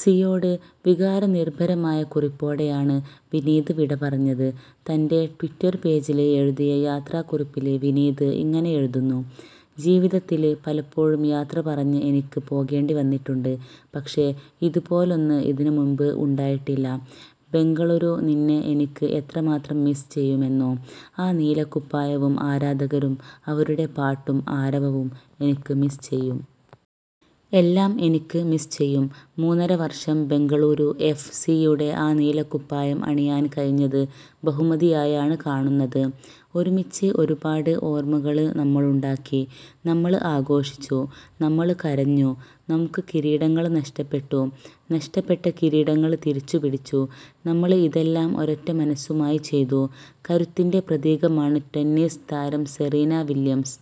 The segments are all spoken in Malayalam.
സിയോട് വികാരനിര്ഭരമായ കുറിപ്പോടെയാണ് വിനീത് വിടപറഞ്ഞത്. തന്റെ ട്വിറ്റര് പേജില് എഴുതിയ യാത്രാക്കുറിപ്പില് വിനീത് ഇങ്ങനെ എഴുതുന്നു. ''ജീവിതത്തില് പലപ്പോഴും യാത്ര പറഞ്ഞ് എനിക്ക് പോകേണ്ടി വന്നിട്ടുണ്ട്. പക്ഷേ ഇതുപോലൊന്ന് ഇതിന് മുമ്പ് ഉണ്ടായിട്ടില്ല. ബെംഗളൂരു, നിന്നെ എനിക്ക് എത്രമാത്രം മിസ്സ് ചെയ്യുമെന്നോ. ആ നീലക്കുപ്പായവും ആരാധകരും അവരുടെ പാട്ടും ആരവവും എനിക്ക് മിസ്സ് ചെയ്യും. എല്ലാം എനിക്ക് മിസ്സ് ചെയ്യും. മൂന്നര വര്ഷം ബെംഗളൂരു എഫ്. സിയുടെ ആ നീലക്കുപ്പായം അണിയാന് കഴിഞ്ഞത് ബഹുമതിയായാണ് കാണുന്നത്. ഒരുമിച്ച് ഒരുപാട് ഓര്മ്മകള് നമ്മളുണ്ടാക്കി, നമ്മള് ആഘോഷിച്ചു, നമ്മള് കരഞ്ഞു, നമുക്ക് കിരീടങ്ങള് നഷ്ടപ്പെട്ടു, നഷ്ടപ്പെട്ട കിരീടങ്ങള് തിരിച്ചുപിടിച്ചു. നമ്മള് ഇതെല്ലാം ഒരൊറ്റ മനസ്സുമായി ചെയ്തു. കരുത്തിന്റെ പ്രതീകമാണ് ടെന്നീസ് താരം സെറീന വില്യംസ്.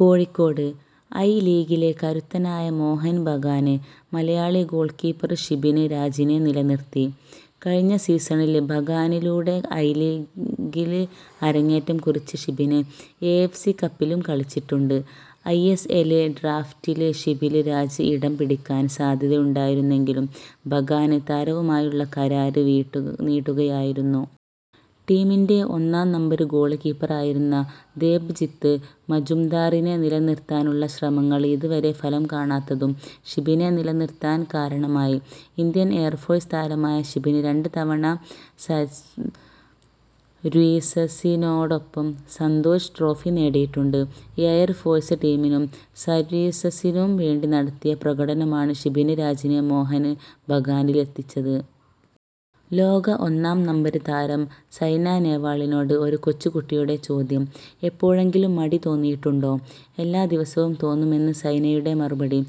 കോഴിക്കോട്:ഐലീഗിലെ കരുത്തരായ മോഹന് ബഗാന് മലയാളി ഗോള്കീപ്പര് ഷിബിന് രാജിനെ നിലനിര്ത്തി. കഴിഞ്ഞ സീസണില് ബഗാനിലൂടെ ഐലീഗില് അരങ്ങേറ്റം കുറിച്ച ഷിബിന് എ. എഫ്. സി കപ്പിലും കളിച്ചിട്ടുണ്ട്. ഐ. എസ്. എല് ഡ്രാഫ്റ്റില് ഷിബിന് രാജ് ഇടം പിടിക്കാന് സാധ്യതയുണ്ടായിരുന്നെങ്കിലും ബഗാന് താരവുമായുള്ള കരാര് നീട്ടുകയായിരുന്നു. ടീമിന്റെ ഒന്നാം നമ്പര് ഗോള് കീപ്പറായിരുന്ന ദേബ്ജിത്ത് മജുംദാറിനെ നിലനിര്ത്താനുള്ള ശ്രമങ്ങള് ഇത് വരെ ഫലം കാണാത്തതും ഷിബിനെ നിലനിര്ത്താന് കാരണമായി. ഇന്ത്യന് എയര്ഫോഴ്സ് താരമായ ഷിബിന് രണ്ട് തവണ സര്വീസസിനോടൊപ്പം സന്തോഷ് ട്രോഫി നേടിയിട്ടുണ്ട്. എയര് ഫോഴ്സ് ടീമിനും, സര്വീസസിനും വേണ്ടി നടത്തിയ പ്രകടനമാണ് ഷിബിന് രാജിനെ മോഹന് ബഗാനിലെത്തിച്ചത്. ലോക ഒന്നാം നമ്പര് താരം സൈന നേവാളിനോട് ഒരു കൊച്ചുകുട്ടിയുടെ ചോദ്യം. എപ്പോഴെങ്കിലും മടി തോന്നിയിട്ടുണ്ടോ. എല്ലാ ദിവസവും തോന്നുമെന്ന് സൈനയുടെ മറുപടി.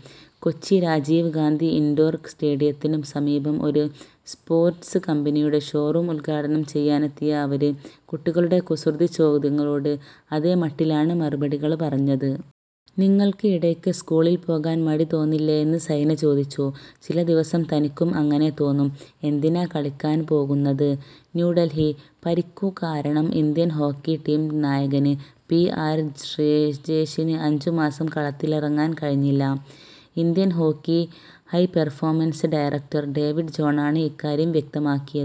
കൊച്ചി രാജീവ് ഗാന്ധി ഇന്ഡോര് സ്റ്റേഡിയത്തിനു സമീപം ഒരു സ്പോര്ട്സ് കമ്പനിയുടെ ഷോറൂം ഉദ്ഘാടനം ചെയ്യാനെത്തിയ അവര് കുട്ടികളുടെ കുസൃതിച്ചോദ്യങ്ങളോട് അതേമട്ടിലാണ് മറുപടികള് പറഞ്ഞത്. നിങ്ങള്ക്ക് ഇടയ്ക്ക് സ്കൂളില്പോകാന് മടി തോന്നില്ലേയെന്ന് സൈന ചോദിച്ചു. ചില ദിവസം തനിക്കും അങ്ങനെ തോന്നും. എന്തിനാ കളിക്കാന് പോകുന്നത്. ന്യൂഡല്ഹി:പരിക്കുകാരണം ഇന്ത്യന് ഹോക്കി ടീം നായകന് പി. ആര്. ശ്രീജേഷിന് അഞ്ചുമാസം കളത്തിലിറങ്ങാന് കഴിയില്ല. Indian hockey high performance director David ജോണാണ് ഇക്കാര്യം വ്യക്തമാക്കിയത്.